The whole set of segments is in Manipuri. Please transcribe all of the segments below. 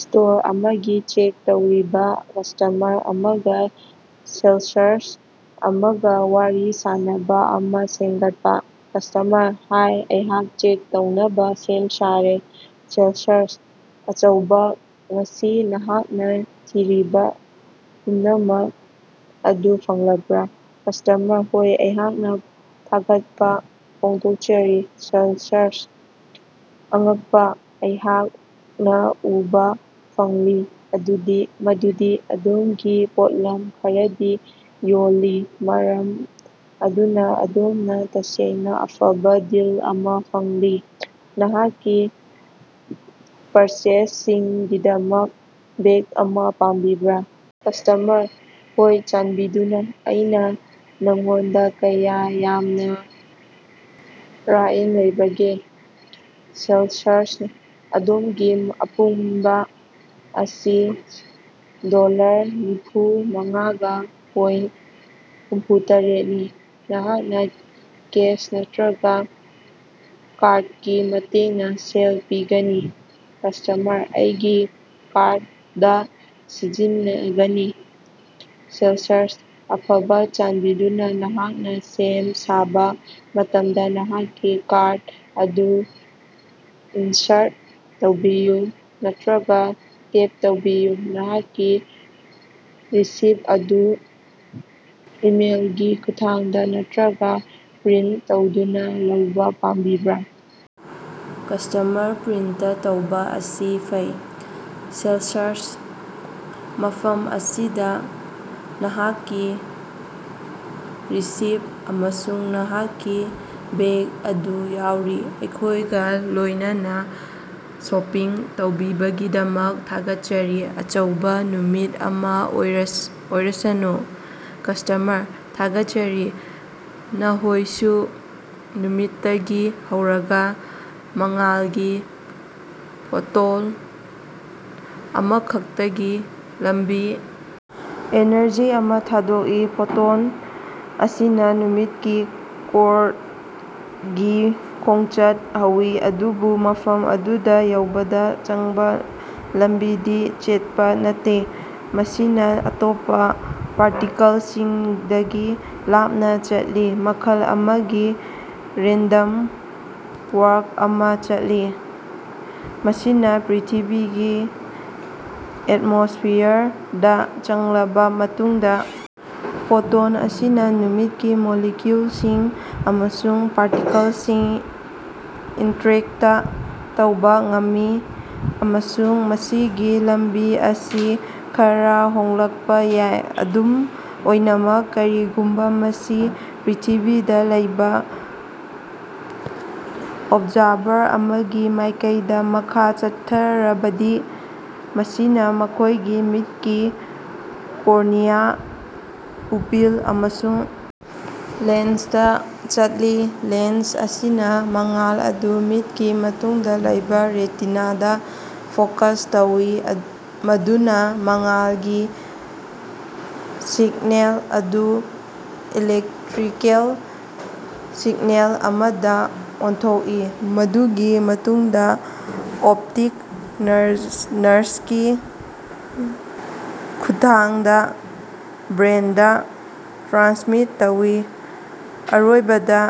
ꯁ꯭ꯇꯣꯔ ꯑꯃꯗꯒꯤ ꯆꯦꯛ ꯇꯧꯔꯤꯕ ꯀꯁ꯭ꯇꯃꯔ ꯑꯃꯒꯥ ꯁꯦꯜꯁꯔꯁ ꯑꯃꯒ ꯋꯥꯔꯤ ꯁꯥꯅꯕ ꯑꯃꯥ ꯁꯦꯝꯒꯠꯄꯥ꯫ ꯀꯁ꯭ꯇꯃꯔ: ꯍꯥꯏ, ꯑꯩꯍꯥꯛ ꯆꯦꯛ ꯇꯧꯅꯕꯥ ꯁꯦꯝ ꯁꯥꯔꯦ꯫ ꯁꯦꯜꯁꯔꯁ: ꯑꯆꯧꯕꯥ! ꯉꯁꯤ ꯅꯍꯥꯛꯅ ꯊꯤꯔꯤꯕ ꯄꯨꯝꯅꯃꯛ ꯑꯗꯨ ꯐꯪꯂꯕ꯭ꯔꯥ? ꯀꯁ꯭ꯇꯃꯔ: ꯍꯣꯏ, ꯑꯩꯍꯥꯛꯅ ꯊꯥꯒꯠꯄ ꯐꯣꯡꯗꯣꯛꯆꯔꯤ꯫ ꯁꯦꯂꯁꯔꯁ: ꯑꯉꯛꯄꯥ꯫ ꯑꯩꯍꯥꯛꯅ ꯎꯕꯥ ꯐꯪꯂꯤ ꯑꯗꯨꯗꯤ ꯃꯗꯨꯗꯤ ꯑꯗꯣꯝꯒꯤ ꯄꯣꯠꯂꯝ ꯈꯔꯗꯤ ꯌꯣꯜꯂꯤ, ꯃꯔꯝ ꯑꯗꯨꯅ ꯑꯗꯣꯝꯅꯥ ꯇꯁꯦꯡꯅ ꯑꯐꯕꯥ ꯗꯤꯜ ꯑꯃꯥ ꯐꯪꯂꯤ꯫ ꯅꯍꯥꯛꯀꯤ ꯄꯔꯆꯦꯖꯁꯤꯡꯒꯤꯗꯃꯛ ꯕꯦꯒ ꯑꯃꯥ ꯄꯥꯝꯕꯤꯕ꯭ꯔꯥ? ꯀꯁ꯭ꯇꯃꯔ: ꯍꯣꯏ, ꯆꯥꯟꯕꯤꯗꯨꯅ꯫ ꯑꯩꯅ ꯅꯉꯣꯟꯗ ꯀꯌꯥ ꯌꯥꯝꯅ ꯔ꯭ꯏꯟ ꯂꯩꯕꯒꯦ? ꯁꯦꯂꯁꯔꯁ: ꯑꯗꯣꯝꯒꯤ ꯑꯄꯨꯟꯕ ꯑꯁꯤ ꯗꯣꯂꯔ ꯅꯤꯐꯨꯃꯉꯥꯒ ꯄ‌ꯣꯏꯟ ꯍꯨꯝꯐꯨꯇꯔ‌ꯦꯠꯅꯤ꯫ ꯅꯍꯥꯛꯅꯥ ꯀꯦꯁ ꯅꯠꯇꯔꯒ ꯀꯥꯔꯗꯀꯤ ꯃꯇꯦꯡꯅ ꯁꯦꯜ ꯄꯤꯒꯅꯤ? ꯀꯁ꯭ꯇꯃꯔ: ꯑꯩꯒꯤ ꯀꯥꯔꯗ ꯁꯤꯖꯤꯟꯅꯒꯅꯤ꯫ ꯁꯦꯜꯁꯔꯁ: ꯑꯐꯕ, ꯆꯥꯟꯕꯤꯗꯨꯅ ꯅꯍꯥꯛꯅ ꯁꯦꯝ ꯁꯥꯕ ꯃꯇꯝꯗ ꯅꯍꯥꯛꯀꯤ ꯀꯥꯔꯗ ꯑꯗꯨ ꯏꯟꯁꯥꯔꯠ ꯇꯧꯕꯤꯌꯨ ꯅꯠꯇꯔꯒꯥ ꯇꯦꯞ ꯇꯧꯕꯤꯌꯨ꯫ ꯅꯍꯥꯛꯀꯤ ꯔꯤꯁꯤꯞꯠ ꯑꯗꯨ ꯏꯃꯦꯏꯜꯒꯤ ꯈꯨꯠꯊꯥꯡꯗ ꯅꯠꯇꯔꯒ ꯄ꯭ꯔꯤꯟꯠ ꯇꯧꯗꯨꯅ ꯂꯧꯕꯥ ꯄꯥꯝꯕꯤꯕ꯭ꯔꯥ? ꯀꯁ꯭ꯇꯃꯔ: ꯄ꯭ꯔꯤꯟꯇ ꯇꯧꯕꯥ ꯑꯁꯤ ꯐꯩ꯫ ꯁꯦꯜꯁꯔꯁ: ꯃꯐꯝ ꯑꯁꯤꯗ ꯅꯍꯥꯛꯀꯤ ꯔꯤꯁꯤꯞꯠ ꯑꯃꯁꯨꯡ ꯅꯍꯥꯛꯀꯤ ꯕꯦꯒ ꯑꯗꯨ ꯌꯥꯎꯔꯤ꯫ ꯑꯩꯈꯣꯏꯒ ꯂꯣꯏꯅꯅꯥ ꯁꯣꯄꯤꯡ ꯇꯧꯕꯤꯕꯒꯤꯗꯃꯛ ꯊꯥꯒꯠꯆꯔꯤ, ꯑꯆꯧꯕꯥ ꯅꯨꯃꯤꯠ ꯑꯃꯥ ꯑꯣꯏꯔꯁ ꯑꯣꯏꯔꯁꯅꯨ! ꯀꯁ꯭ꯇꯃꯔ: ꯊꯥꯒꯠꯆꯔꯤ, ꯅꯍꯣꯏꯁꯨ! ꯅꯨꯃꯤꯠꯇꯒꯤ ꯍꯧꯔꯒ ꯃꯉꯥꯜꯒꯤ ꯐꯣꯇꯣꯟ ꯑꯃꯈꯛꯇꯒꯤ ꯂꯝꯕꯤ ꯑꯦꯅꯔꯖꯤ ꯑꯃꯥ ꯊꯥꯗꯣꯛꯏ꯫ ꯐꯣꯇꯣꯟ ꯑꯁꯤꯅꯥ ꯅꯨꯃꯤꯠꯀꯤ ꯀꯣꯔꯗꯒꯤ ꯈꯣꯡꯆꯠ ꯍꯧꯏ, ꯑꯗꯨꯕꯨ ꯃꯐꯝ ꯑꯗꯨꯗꯥ ꯌꯧꯕꯗ ꯆꯪꯕ ꯂꯝꯕꯤꯗꯤ ꯆꯦꯠꯄꯥ ꯅꯠꯇꯦ꯫ ꯃꯁꯤꯅꯥ ꯑꯇꯣꯞꯄ ꯄꯥꯔꯇꯤꯀꯜꯁꯤꯡꯗꯒꯤ ꯂꯥꯞꯅ ꯆꯠꯂꯤ, ꯃꯈꯜ ꯑꯃꯒꯤ ꯔꯦꯟꯗꯝ ꯋꯥꯛ꯭ꯔ ꯑꯃꯥ ꯆꯠꯂꯤ꯫ ꯃꯁꯤꯅ ꯄ꯭ꯔꯤꯊꯤꯕꯤꯒꯤ ꯑꯦꯇꯃꯣꯁ꯭ꯐꯤꯌꯔꯗꯥ ꯆꯪꯂꯕ ꯃꯇꯨꯡꯗ ꯐꯣꯇꯣꯟ ꯑꯁꯤꯅ ꯅꯨꯡꯁꯤꯠꯀꯤ ꯃꯣꯂꯤꯀꯌꯨꯜꯁꯤꯡ ꯑꯃꯁꯨꯡ ꯄꯥꯔꯇꯤꯀꯜꯁꯤꯡꯒ ꯏꯟꯇꯔꯦꯛꯇ ꯇꯧꯕ ꯉꯝꯃꯤ, ꯑꯃꯁꯨꯡ ꯃꯁꯤꯒꯤ ꯂꯝꯕꯤ ꯑꯁꯤ ꯈꯔꯥ ꯍꯣꯡꯂꯛꯄꯥ ꯌꯥꯏ꯫ ꯑꯗꯨꯝ ꯑꯣꯏꯅꯃꯛ, ꯀꯔꯤꯒꯨꯝꯕ ꯃꯁꯤ ꯄ꯭ꯔꯤꯊꯤꯕꯤꯗ ꯂꯩꯕ ꯑꯣꯕꯖꯥꯔꯚꯔ ꯑꯃꯒꯤ ꯃꯥꯏꯀꯩꯗꯥ ꯃꯈꯥ ꯆꯠꯊꯔꯕꯗꯤ, ꯃꯁꯤꯅꯥ ꯃꯈꯣꯏꯒꯤ ꯃꯤꯠꯀꯤ ꯀꯣꯔꯅꯤꯌꯥ, ꯄꯨꯄꯤꯜ ꯑꯃꯁꯨꯡ ꯂꯦꯟꯁꯇꯥ ꯆꯠꯂꯤ꯫ ꯂꯦꯟꯁ ꯑꯁꯤꯅꯥ ꯃꯉꯥꯜ ꯑꯗꯨ ꯃꯤꯠꯀꯤ ꯃꯇꯨꯡꯗ ꯂꯩꯕ ꯔꯦꯇꯤꯅꯥꯗꯥ ꯐꯣꯀꯁ ꯇꯧꯏ, ꯃꯗꯨꯅ ꯃꯉꯥꯜꯒꯤ ꯁꯤꯒꯅꯦꯜ ꯑꯗꯨ ꯏꯂꯦꯛꯇꯔꯤꯀꯦꯜ ꯁꯤꯒꯅꯦꯜ ꯑꯃꯗ ꯑꯣꯟꯊꯣꯛꯏ, ꯃꯗꯨꯒꯤ ꯃꯇꯨꯡꯗ ꯑꯣꯞꯇꯤꯛ ꯅꯔꯚꯀꯤ ꯈꯨꯠꯊꯥꯡꯗ ꯕ꯭ꯔ‌ꯦꯟꯗꯥ ꯇ꯭ꯔꯥꯟꯁꯃꯤꯠ ꯇꯧꯏ꯫ ꯑꯔꯣꯏꯕꯗ,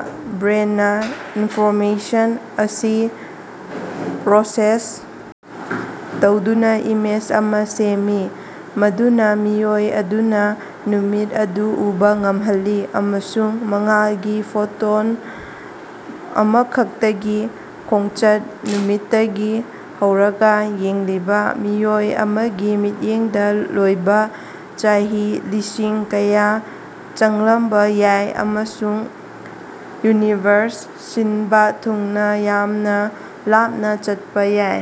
ꯕ꯭ꯔꯦꯟꯅꯥ ꯏꯟꯐꯣꯔꯃꯦꯁꯟ ꯑꯁꯤ ꯄ꯭ꯔꯣꯁꯦꯁ ꯇꯧꯗꯨꯅ ꯏꯃꯦꯖ ꯑꯃꯥ ꯁꯦꯝꯃꯤ, ꯃꯗꯨꯅ ꯃꯤꯑꯣꯏ ꯑꯗꯨꯅꯥ ꯅꯨꯃꯤꯠ ꯑꯗꯨ ꯎꯕ ꯉꯝꯍꯜꯂꯤ꯫ ꯑꯁꯨꯝꯅ, ꯃꯉꯥꯜꯒꯤ ꯐꯣꯇꯣꯟ ꯑꯃꯈꯛꯇꯒꯤ ꯈꯣꯡꯆꯠ, ꯅꯨꯃꯤꯠꯇꯒꯤ ꯍꯧꯔꯒꯥ, ꯌꯦꯡꯂꯤꯕꯥ ꯃꯤꯑꯣꯏ ꯑꯃꯒꯤ ꯃꯤꯠꯌꯦꯡꯗ ꯂꯣꯏꯕꯥ, ꯆꯍꯤ ꯂꯤꯁꯤꯡ ꯀꯌꯥ ꯆꯪꯂꯝꯕ ꯌꯥꯏ ꯑꯃꯁꯨꯡ ꯌꯨꯅꯤꯚꯔꯁ ꯁꯤꯟꯕ ꯊꯨꯡꯅ ꯌꯥꯝꯅ ꯂꯥꯞꯅ ꯆꯠꯄꯥ ꯌꯥꯏ꯫